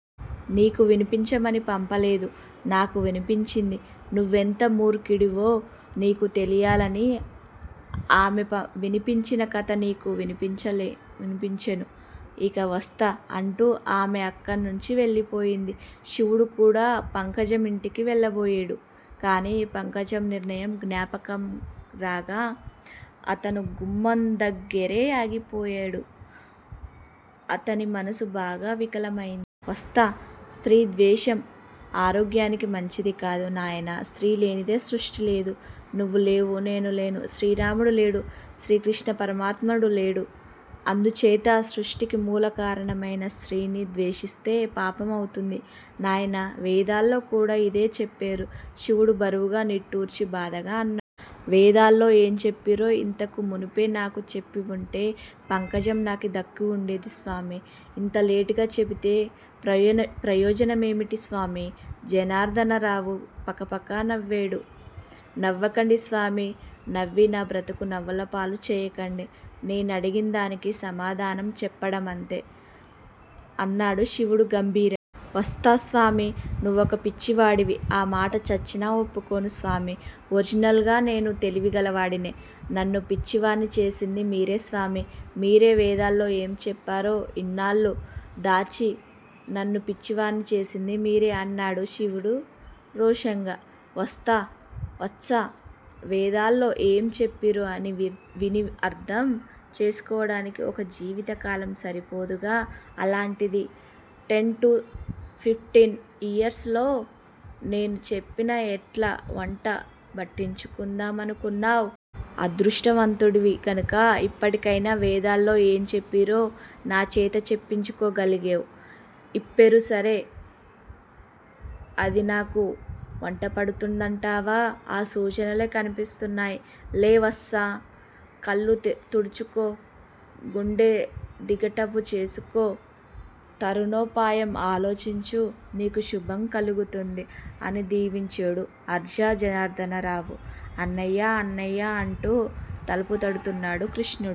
నీకు వినిపించమని పంపలేదు. నాకు వినిపించింది. నువ్వెంత మూర్ఖుడివో నీకు తెలియాలని ఆమె వినిపించిన కథ నీకు వినిపించేను. ఇక వస్తా. అంటూ ఆమె అక్కడ్నించి వెళ్ళిపోయింది. శివుడు కూడా పంకజమింటికి వెళ్ళబోయేడు. కానీ-పంకజం నిర్ణయం జ్ఞాపకంరాగా అతను గుమ్మందగ్గిరే ఆగిపోయేడు. అతని మనసు బాగా వికలమైం వత్సా! స్త్రీ ద్వేషం ఆరోగ్యానికి మంచిది కాదు నాయనా! స్త్రీ లేనిదే సృష్టిలేదు. నువ్వు లేవు. నేను లేను. శ్రీరాముడు లేడు. శ్రీకృష్ణపరమాత్మ లేడు. అందుచేత సృష్టికి మూలకారణమైన స్త్రీని ద్వేషిస్తే పాపమవుతుంది నాయనా! వేదాల్లో కూడా ఇదే చెప్పేరు! శివుడు బరువుగా నిట్టూర్చి బాధగా అన్నా వేదాల్లో ఏం చెప్పేరో ఇంతకు మునుపే నాకు చెప్పివుంటే పంకజం నాకు దక్కివుండేది స్వామీ! ఇంత లేటుగా చెబితే ప్రయోజన మేమిటి స్వామీ! జనార్ధనరావు పకపకా నవ్వేడు. నవ్వకండి స్వామి! నవ్వి నా బ్రతుకు నవ్వులపాలు చేయకండి! నే నడిగిందానికి సమాధానం చెప్పండంతే! అన్నాడు శివుడు గంభీరం వత్సా! స్వామీ నువ్వొక పిచ్చివాడివి! ఆ మాట చచ్చినా ఒప్పుకోను స్వామీ! ఒరిజినల్ గా నేను తెలివిగలవాడినే! నన్ను పిచ్చివాడ్ని చేసింది మీరే స్వామీ! మీరే! వేదాల్లో ఏం చెప్పారో ఇన్నేళ్ళూ దాచి నన్ను పిచ్చివాడ్ని చేసింది మీరే! అన్నాడు శివుడు రోషంగా. వత్సా! వేదాల్లో ఏం చెప్పేరో విని అర్థం చేసుకోడానికి ఒక జీవిత కాలం సరిపోదుగదా-అల్లాంటిది టెన్ టు ఫిఫ్టీన్ ఇయర్సులో-నేను చెప్పినా-ఎట్లా వంట బట్టించుకుందామనుకున్నావ్? అదృష్టవంతుడివి గనక ఇప్పటికైనా వేదాల్లో ఏం చెప్పేరో నాచేత చెప్పించుకోగలిగేవ్! చెప్పేరు సరే! అది నాకు వంటపడుతుందంటావా? ఆ సూచనలే కనిపిస్తున్నాయి! లే వత్సా! కళ్ళు తుడుచుకో! గుండెదిటవు చేసుకో? తరుణోపాయం ఆలోచించు. నీకు శుభం కలుగుతుంది! అని దీవించేడు అర్జా జనార్ధనరావు! అన్నయ్యా, అన్నయ్యా అంటూ తలుపు తడుతున్నాడు కిష్టు